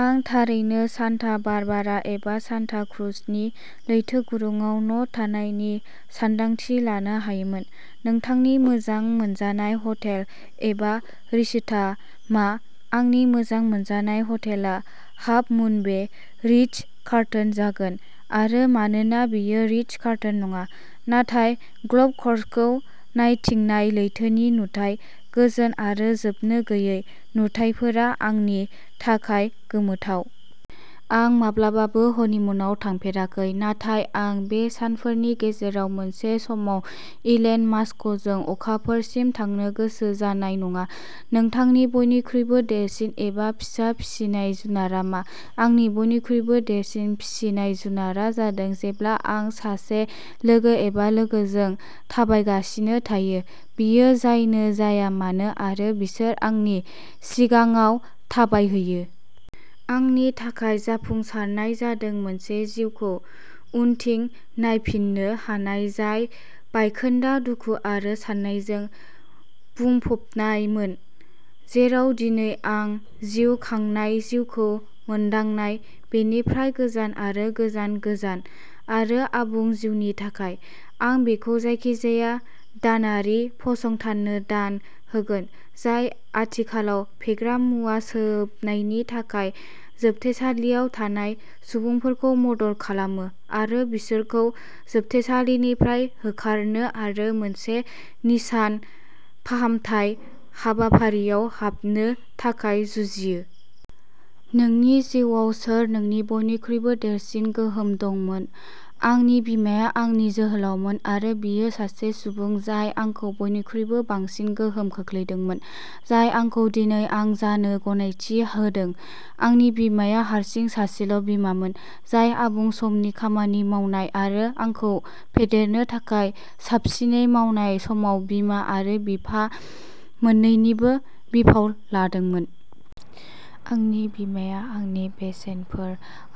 आं थारैनो सान्टा बारबारा एबा सान्टा क्रुजनि लैथो रुगुंआव न' थानायनि सानदांथि लानो हायोमोन। नोंथांनि मोजां मोनजानाय हटेल एबा रिसर्टआ मा? आंनि मोजां मोनजानाय हटेलआ हाफमुन बे "रिट्ज कार्लटन" जागोन आरो मानोना बेयो रिट्ज कार्लटन नङा, नाथाय गल्फ कर्सखौ नायथिंनाय लैथोनि नुथाय, गोजोन आरो जोबनो गैयै नुथायफोरा आंनि थाखाय गोमोथाव। आं माब्लाबाबो हनिमुनआव थाफेराखै नाथाय आं बे सानफोरनि गेजेराव मोनसे समाव इलेन मास्क'जों अखाफोरसिम थांनो गोसो जानाय नङा। नोंथांनि बयनिख्रुइबो देरसिन एबा फिसा फिसिनाय जुनारआ मा? आंनि बयनिख्रुइबो देरसिन फिसिनाय जुनारआ जादों जेब्ला आं सासे लोगो एबा लोगोजों थाबायगासिनो थायो, बियो जायानो जाया मानो आरो बिसोर आंनि सिगाङाव थाबायहैयो। आंनि थाखाय जाफुंसारनाय जादों मोनसे जिउखौ उनथिं नायफिन्नो हानाय, जाय बायखोन्दा, दुखु आरो सानायजों बुंफबनायमोन, जेराव दिनै आं जिउ खांनाय जिउखौ मोनदांनाय बेनिफ्राय गोजान आरो गोजोन, गोजोन आरो आबुं जिउनि थाखाय। आं बेखौ जायखिजाया दानारि फसंथाननो दान होगोन, जाय आथिखालाव फेग्रा मुवा सोबनायनि थाखाय जोबथेसालियाव थानाय सुबुंफोरखौ मदद खालामो आरो बिसोरखौ जोबथेसालिनिफ्राय होखारनो आरो मोनसे निसान फाहामथाय हाबाफारिआव हाबनो थाखाय जुजियो। नोंनि जिउआव सोर नोंनि बयनिख्रुइबो देरसिन गोहोम दंमोन? आंनि बिमाया आंनि जोहोलावमोन आरो बियो सासे सुबुं जाय आंखौ बयनिख्रुइबो बांसिन गोहोम खोख्लैदोंमोन, जाय आंखौ दिनै आं जानो गनायथि होदों। आंनि बिमाया हारसिं सासेल' बिमामोन, जाय आबुं समनि खामानि मावनाय आरो आंखौ फेदेरनो थाखाय साबसिनै मावनाय समाव बिमा आरो बिफा मोन्नैनिबो बिफाव लादोंमोन। आंनि बिमाया आंनि बेसेनफोर,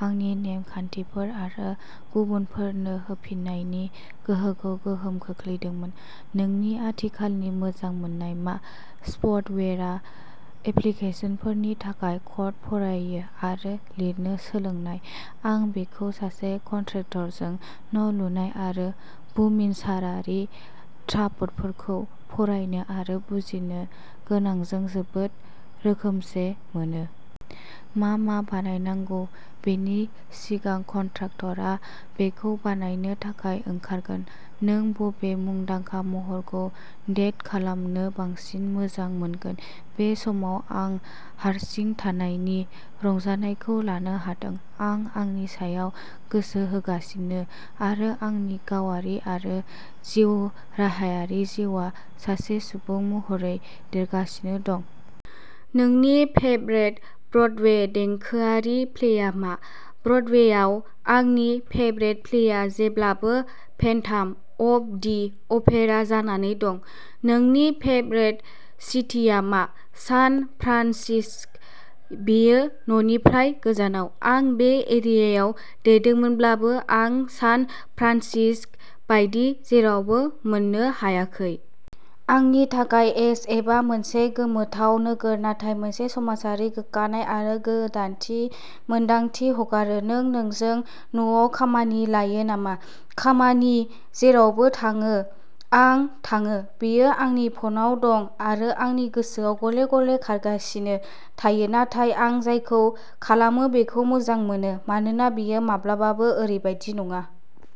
आंनि नेम खान्थिफोर आरो गुबुनफोरनो होफिन्नायनि गोहोखौ गोहोम खोख्लैदोंमोन। नोंनि आथिखालनि मोजां मोननाय मा? सफ्टवेयार एप्लीकेसनफोरनि थाखाय क'ड फरायनो आरो लिरनो सोलोंनाय। आं बेखौ सासे कन्ट्रेक्टरजों न' लुनाय आरो बुमिनसारारि ड्राफ्टफोरखौ फरायनो आरो बुजिनो गोनांजों जोबोद रोखोमसे मोनो। मा मा बानायनांगौ बेनि सिगां कन्ट्राक्टरआ बेखौ बानायनो थाखाय ओंखारगोन। नों बबे मुंदांखा महरखौ डेट खालामनो बांसिन मोजां मोनगोन? बे समाव आं हारसिं थानायनि रंजानायखौ लानो हादों, आं आंनि सायाव गोसो होगासिनो आरो आंनि गावारि आरो जिउराहायारि जिउआ सासे सुबुं महरै देरगासिनो दं। नोंनि फेभरेट ब्रडवे देंखोआरि प्लेआ मा? ब्रडवेआव आंनि फेभरेट प्लेआ जेब्लाबो फेन्टाम अफ दि अपेरा जानानै दं। नोंनि फेभरेट सिटीआ मा? सान फ्रान्सिस्क, बेयो न'निफ्राय गोजानाव । आं बे एरियायाव देरदोंमोनब्लाबो, आं सान फ्रान्सिस्क बायदि जेरावबो मोननो हायाखै। आंनि थाखाय एस एफआ मोनसे गोमोथाव नोगोर नाथाय मोनसे समाजारि, गोग्गानाय आरो गोदानथि मोन्दांथि हगारो। नों नोंजों न'आव खामानि लायो नामा? खामानि जेरावबो थाङो आं थाङो, बेयो आंनि फनाव दं आरो आंनि गोसोआव गले-गले खारगासिनो थायो, नाथाय आं जायखौ खालामो बेखौ मोजां मोनो, मानोना बेयो माब्लाबाबो ओरैबादि नङा।